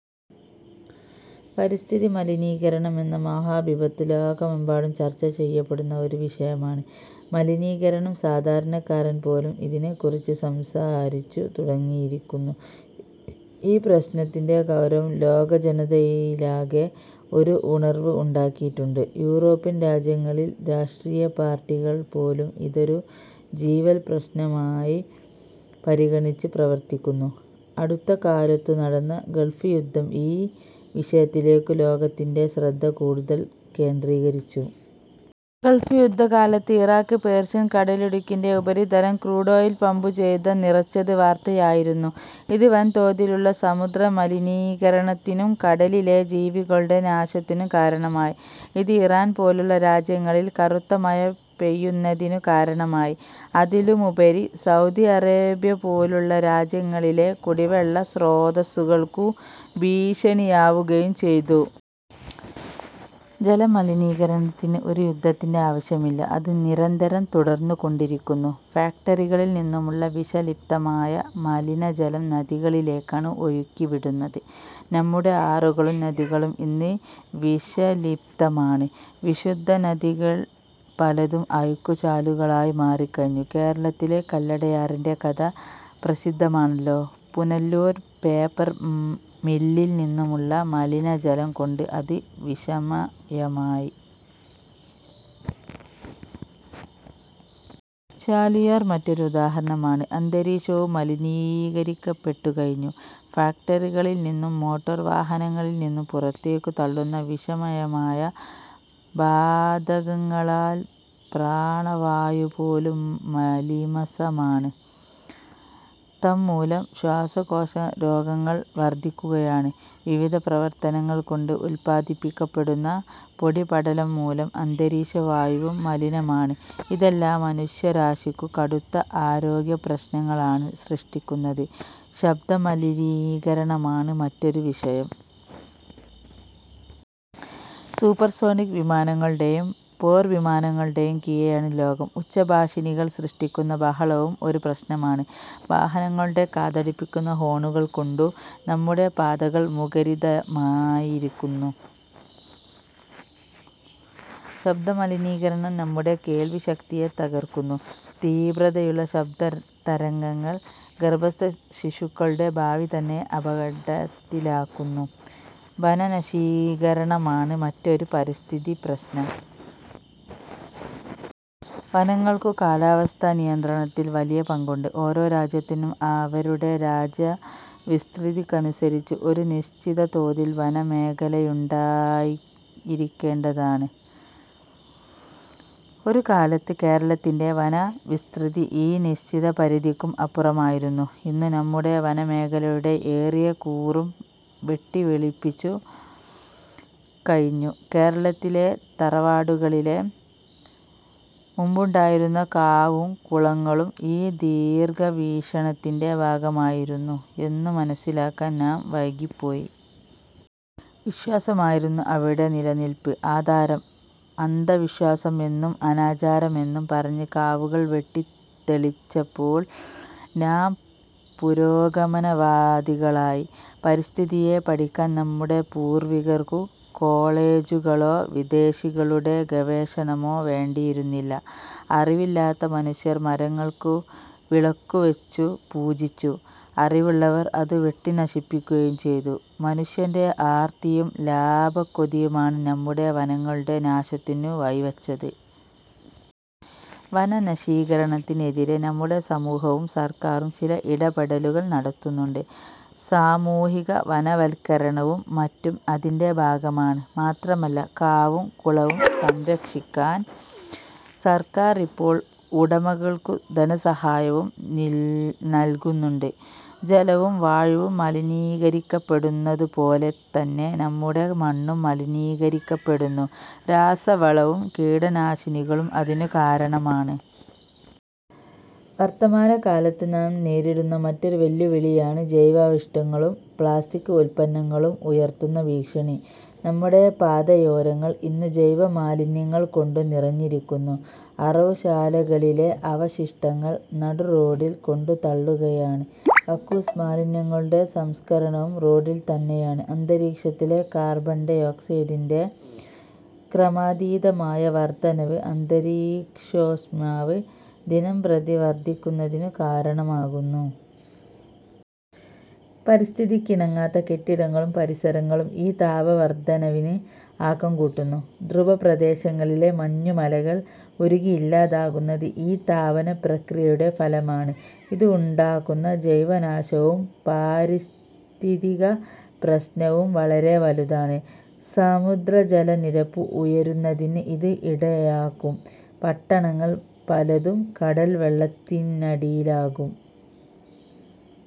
പരിസ്ഥിതി മലിനീകരണം എന്ന മഹാവിപത്ത്: ലോകമെമ്പാടും ചർച്ചചെയ്യപ്പെടുന്ന ഒരു വിഷയമാണ് മലിനീകരണം. സാധാരണക്കാരൻപോലും ഇതിനെക്കുറിച്ച് സംസാരിച്ചു തുടങ്ങിയി രിക്കുന്നു. ഈ പ്രശ്നത്തിന്റെ ഗൗരവം ലോകജനതയിലാകെ ഒരു ഉണർവ്വ് ഉണ്ടാക്കിയിട്ടുണ്ട്. യൂറോപ്യൻ രാജ്യങ്ങളിൽ രാഷ്ട്രീയപാർട്ടി കൾപോലും ഇതൊരു ജീവൽപ്രശ്നമായി പരിഗണിച്ച് പ്രവർത്തിക്കുന്നു. അടുത്തകാലത്തു നടന്ന ഗൾഫ് യുദ്ധം ഈ വിഷയത്തിലേക്കു ലോക ത്തിന്റെ ശ്രദ്ധ കൂടുതൽ കേന്ദ്രീകരിച്ചു. ഗൾഫ് യുദ്ധകാലത്ത് ഇറാക്ക് പേർഷ്യൻ കടലിടുക്കിന്റെ ഉപരിതലം ക്രൂഡോയിൽ പമ്പു ചെയ്ത നിറച്ചത് വാർത്തയായിരുന്നു. ഇത് വൻതോതിലുള്ള സമുദ്ര മലിനീക രണത്തിനും കടലിലെ ജീവികളുടെ നാശത്തിനും കാരണമായി. ഇത് ഇറാൻപോലുള്ള രാജ്യങ്ങളിൽ കറുത്തമഴ പെയ്യുന്നതിനു കാരണമായി. അതിലുമുപരി സൗദി അറേബ്യപോലുള്ള രാജ്യങ്ങളിലെ കുടിവെള്ള സ്രോതസ്സുകൾക്കു ഭീഷണിയാവുകയും ചെയ്തു. ജലമലിനീകരണത്തിന് ഒരു യുദ്ധത്തിന്റെ ആവശ്യമില്ല. അത് നിരന്തരം തുടർന്നുകൊണ്ടിരിക്കുന്നു. ഫാക്ടറികളിൽനിന്നുമുള്ള വിഷ ലിപ്തമായ മലിനജലം നദികളിലേക്കാണ് ഒഴുക്കിവിടുന്നത്. നമ്മുടെ ആറുകളും നദികളും ഇന്ന് വിഷലിപ്തമാണ്. വിശുദ്ധനദികൾ പലതും അഴുക്കുചാലുകളായി മാറിക്കഴിഞ്ഞു. കേരളത്തിലെ കല്ലടയാറിന്റെ കഥ പ്രസിദ്ധമാണല്ലോ. പുനലൂർ പേപ്പർ മില്ലിൽനിന്നുമുള്ള മലിനജലം കൊണ്ട് അത് വിഷമയമായി. ചാലിയാർ മറ്റൊരു ഉദാഹരണമാണ്. അന്തരീക്ഷവും മലിനീകരിക്കപ്പെട്ടുകഴിഞ്ഞു. ഫാക്ടറികളിൽ നിന്നും മോട്ടോർ വാഹനങ്ങളിൽനിന്നും പുറത്തേക്കു തള്ളുന്ന വിഷ മയമായ വാതകങ്ങളാൽ പ്രാണവായുപോലും മലീമസമാണ്. തന്മൂലം ശ്വാസകോശരോഗങ്ങൾ വർധിക്കുകയാണ്. വിവിധ പ്രവർത്തനങ്ങൾ കൊണ്ട് ഉത്പാദിപ്പിക്കപ്പെടുന്ന പൊടിപടലംമൂലം അന്തരീക്ഷവായുവും മലിനമാണ്. ഇതെല്ലാം മുനഷ്യരാശിക്കു കടുത്ത ആരോഗ്യപ്രശ്നങ്ങ ളാണ് സൃഷ്ടിക്കുന്നത്. ശബ്ദമലിനീകരണമാണ് മറ്റൊരു വിഷയം. സൂപ്പർസോണിക് വിമാ നങ്ങളുടെയും പോർവിമാനങ്ങളുടെ കീഴെയാണ് ലോകം. ഉച്ചഭാഷി ണികൾ സൃഷ്ടിക്കുന്ന ബഹളവും ഒരു പ്രശ്നമാണ്. വാഹനങ്ങളുടെ കാതടപ്പിക്കുന്ന ഹോണുകൾകൊണ്ടു നമ്മുടെ പാതകൾ മുഖരിതമാ യിരിക്കുന്നു. ശബ്ദമലിനീകരണം നമ്മുടെ കേൾവിശക്തിയെ തകർ ക്കുന്നു. തീവ്രതയുള്ള ശബ്ദതരംഗങ്ങൾ ഗർഭസ്ഥശിശുക്കളുടെ ഭാവി തന്നെ അപകടത്തിലാക്കുന്നു. വനനശീകരണമാണ് മറ്റൊരു പരിസ്ഥിതിപ്രശ്നം. വനങ്ങൾക്കു കാലാവസ്ഥാനിയന്ത്രണത്തിൽ വലിയ പങ്കുണ്ട്. ഓരോ രാജ്യത്തിനും അവരുടെ രാജ്യവിസ്തൃതിക്കനുസരിച്ച് ഒരു നിശ്ചിതതോതിൽ വന മേഖലയുണ്ടായിരിക്കേണ്ടതാണ്. ഒരുകാലത്ത് കേരളത്തിന്റെ വന വിസ്തൃതി ഈ നിശ്ചിതപരിധിക്കും അപ്പുറമായിരുന്നു. ഇന്നു നമ്മുടെ വനമേഖലയുടെ ഏറിയകൂറും വെട്ടിവെളിപ്പിച്ചു കഴിഞ്ഞു. കേരളത്തിലെ തറവാടുകളിലെ മുമ്പുണ്ടായിരുന്ന കാവും കുളങ്ങളും ഈ ദീർഘവീക്ഷ ണത്തിന്റെ ഭാഗമായിരുന്നു എന്നു മനസ്സിലാക്കാൻ നാം വൈകി പ്പോയി. വിശ്വാസമായിരുന്നു അവയുടെ നിലനില്പിന് ആധാരം. അന്ധ വിശ്വാസം എന്നും അനാചാരമെന്നും പറഞ്ഞ് കാവുകൾ വെട്ടിത്ത ളിച്ചപ്പോൾ നാം പുരോഗമനവാദികളായി. പരിസ്ഥിതിയെ പഠിക്കാൻ നമ്മുടെ പൂർവികർക്കു കോളജുകളോ വിദേശികളുടെ ഗവേഷണമോ വേണ്ടിയിരുന്നില്ല. അറിവില്ലാത്ത മനുഷ്യർ മരങ്ങൾക്കു വിളക്കുവച്ചു പൂജിച്ചു. അറിവുള്ളവർ അതു വെട്ടിനശിപ്പിക്കുകയും ചെയ്തു. മനു ഷ്യന്റെ ആർത്തിയും ലാഭക്കൊതിയുമാണ് നമ്മുടെ വനങ്ങളുടെ നാശത്തിനു വഴിവച്ചത്. വനനശീകരണത്തിന് എതിരേ നമ്മുടെ സമൂ ഹവും സർക്കാരും ചില ഇടപെടലുകൾ നടത്തുന്നുണ്ട്. സാമൂഹിക വനവൽക്കരണവും മറ്റും അതിന്റെ ഭാഗമാണ്. മാത്രമല്ല, കാവും കുള വും സംരക്ഷിക്കാൻ സർക്കാർ ഇപ്പോൾ ഉടമകൾക്കു ധനസഹായവും നല്കുന്നുണ്ട്. ജലവും വായുവും മലിനീകരിക്കപ്പെടുന്നതുപോലെതന്നെ നമ്മുടെ മണ്ണും മലിനീകരിക്കപ്പെടുന്നു. രാസവളവും കീടനാശിനികളും അതിനു കാരണമാണ്. വർത്തമാനകാലത്ത് നാം നേരിടുന്ന മറ്റൊരു വെല്ലുവി ളിയാണ് ജൈവാവശിഷ്ടങ്ങളും പ്ലാസ്റ്റിക് ഉത്പന്നങ്ങളും ഉയർത്തുന്ന ഭീഷണി. നമ്മുടെ പാതയോരങ്ങൾ ഇന്നു ജൈവമാലിന്യങ്ങൾകൊണ്ടു നിറഞ്ഞിരിക്കുന്നു. അറവുശാലകളിലെ അവശിഷ്ടങ്ങൾ നടുറോഡിൽ കൊണ്ടുത്തള്ളുകയാണ്. കക്കൂസ് മാലിന്യങ്ങളുടെ സംസ്കരണവും റോഡിൽതന്നെയാണ്. അന്തരീക്ഷത്തിലെ കാർബൺ ഡൈ ഓക്സൈഡിന്റെ ക്രമാതീത മായ വർദ്ധനവ് അന്തരീക്ഷോഷ്മാവ് ദിനംപ്രതി വർദ്ധിക്കുന്നതിനു കാരണമാകുന്നു. പരിസ്ഥിതിക്കിണങ്ങാത്ത കെട്ടിടങ്ങളും പരിസര ങ്ങളും ഈ താപവർദ്ധനവിന് ആക്കം കൂട്ടുന്നു. ധ്രുവപ്രദേശങ്ങളിലെ മഞ്ഞുമലകൾ ഉരുകിയില്ലാതാകുന്നത് ഈ താപനപ്രക്രിയയുടെ ഫല മാണ്. ഇത് ഉണ്ടാക്കുന്ന ജൈവനാശവും പാരിസ്ഥിതികപ്രശ്നവും വളരെ വലുതാണ്. സമുദ്രജലനിരപ്പ് ഉയരുന്നതിന് ഇത് ഇടയാക്കും. പട്ടണങ്ങൾ പലതും കടൽവെള്ളത്തിനടിയിലാകും.